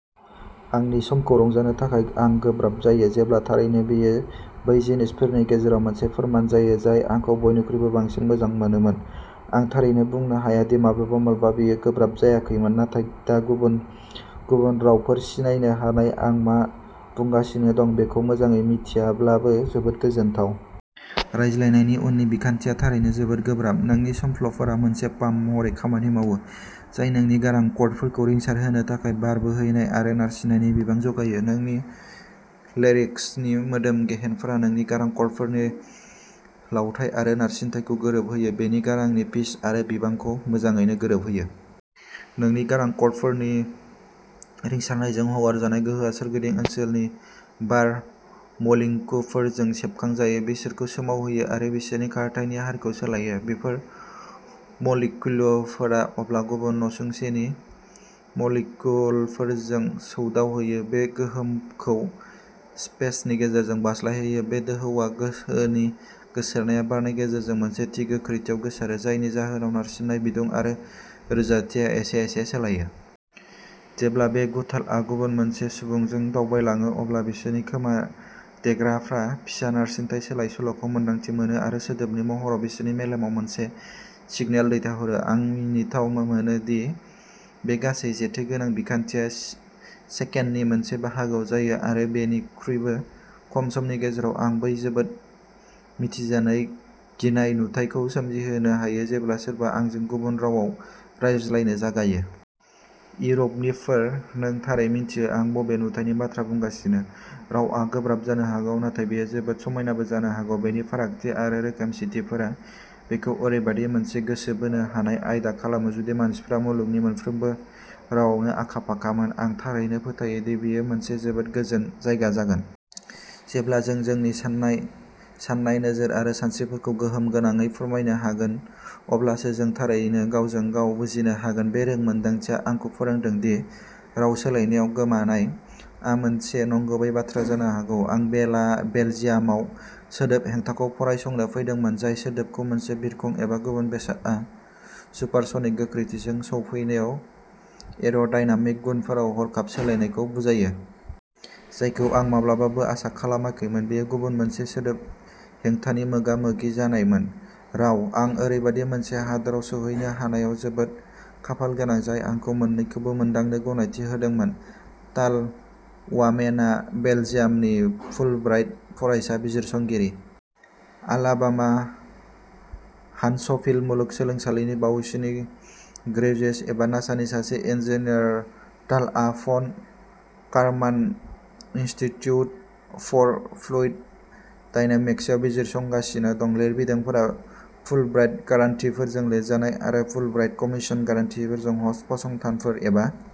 आंनि समखौ रंजानो थाखाय आं गोब्राब जायो, जेब्ला थारैनो, बेयो बै जिनिसफोरनि गेजेराव मोनसे फोरमान जायो जायखौ आं बयनिख्रुइबो बांसिन मोजां मोनोमोन। आं थारैनो बुंनो हाया दि माब्लाबा माब्लाबा बेयो गोब्राब जायाखैमोन, नाथाय दा गुबुन गुबुन रावफोरखौ सिनायनो हानाय, आं मा बुंजागासिनो दं बेखौ मोजाङै मिन्थियाब्लाबो, जोबोद गोजोनथाव। रायज्लायनायनि उननि बिखान्थिया थारैनो जोबोद गोब्राब। नोंनि संफ्ल'फोरा मोनसे पाम्प महरै खामानि मावो, जाय नोंनि गारां क'र्डफोरखौ रिंसारहोनो थाखाय बार बोहैनाय आरो नारसिननायनि बिबां जगायो। नोंनि लेरिंक्सनि मोदोम गेहेनफोरा नोंनि गारां क'र्डफोरनि लावथाइ आरो नारसिनथायखौ गोरोबहोयो, नोंनि गारांनि पिच आरो बिबांखौ मोजाङैनो गोरोबहोयो। नोंनि गारां क'र्डफोरनि रिंसारनायजों हगारजानाय गोहोआ सोरगिदिं ओनसोलनि बार मलिक्युलफोरजों सोबखांजायो, बिसोरखौ सोमावहोयो आरो बिसोरनि खारथायनि हारखौ सोलायो। बेफोर मलिक्युलफोरा अब्ला गुबुन नसुंसेनि मलिक्युलफोरजों सौदावहैयो, बे गोहोखौ स्पेसनि गेजेरजों बारस्लायहोयो। बे दोहौआ। गोहोनि गोसारनाया बारनि गेजेरजों मोनसे थि गोख्रैथियाव गोसारो, जायनि जाहोनाव नारसिननाय, बिदुं आरो रोजाथिया एसे एसे सोलायो। जेब्ला बे गुथालआ गुबुन सासे सुबुंजों दावबायलाङो, अब्ला बिसोरनि खोमा-देग्राफ्रा फिसा नारसिनथाय सोलाय-सोल'खौ मोन्दांथि मोनो आरो सोदोबनि महराव बिसोरनि मेलेमाव मोनसे सिगनेल दैथायहरो। आं मिनिथाव मोनो दि बे गासै जेथोगोनां बिखान्थिया सेकेन्दनि मोनसे बाहागोआव जायो, आरो बेनिख्रुइबो खम समनि गेजेराव आं बै जोबोद मिथिजानाय गिनाय नुथायखौ सोमजिहोनो हायो जेब्ला सोरबा आंजों गुबुन रावाव रायज्लायनो जागायो। इउर'पनिफोर, नों थारै मिन्थियो आं बबे नुथायनि बाथ्रा बुंगासिनो! रावआ गोब्राब जानो हागौ, नाथाय बेयो जोबोद समायनाबो जानो हागौ। बेनि फारागथि आरो रोखोमसेथिफोरा बेखौ ओरैबायदि मोनसे गोसो बोनो हानाय आयदा खालामो। जुदि मानसिफ्रा मुलुगनि मोनफ्रोमबो रावावनो आखा-फाखामोन, आं थारैनो फोथायो दि बेयो मोनसे जोबोद गोजोन जायगा जागोन। जेब्ला जों जोंनि साननाय, साननाय, नोजोर आरो सानस्रिफोरखौ गोहोम गोनाङै फोरमायनो हागोन अब्लासो जों थारैनो गावजों-गाव बुजिनो हागोन। बे रोंमोन्दांथिया आंखौ फोरोंदों दि "राव सोलायनायाव गोमानाय" आ मोनसे नंगुबै बाथ्रा जानो हागौ। आं बेला बेलजियामाव सोदोब हेंथाखौ फरायसंनो फैदोंमोन, जाय सोदोबखौ मोनसे बिरखं एबा गुबुन बेसादआ सुपारस'निक गोख्रैथिजों सौफैनायाव एर'डायनेमिक गुनफोराव हरखाब सोलायनायखौ बुजायो। जायखौ आं माब्लाबाबो आसा खालामाखैमोन बेयो गुबुन मोनसे सोदोब हेंथानि मोगा-मोगि जानायमोनः राव। आं ओरैबायदि मोनसे हादोराव सौहैनो हानायाव जोबोद खाफालगोनां, जाय आंखौ मोन्नैखौबो मोनदांनो गनायथि होदोंमोन। टाल वामेना बेलजियामनि फुलब्राइट फरायसा बिजिरसंगिरि। आलाबामा-हान्टसभिल मुलुगसोलोंसालिनि बावैसोनि ग्रेजुएसन आरो नासानि सासे इन्जिनियार, टालआ von Karman Institute for Fluid डायनेमिक्सआव बिजिरसंगासिनो दं। लिरबिदांफोरा फुलब्राइट ग्रान्टगिरिफोरजों लिरजानाय आरो फुलब्राइट कमिसन, ग्रान्टगिरिफोरनि ह'स्ट फसंथानफोर, एबा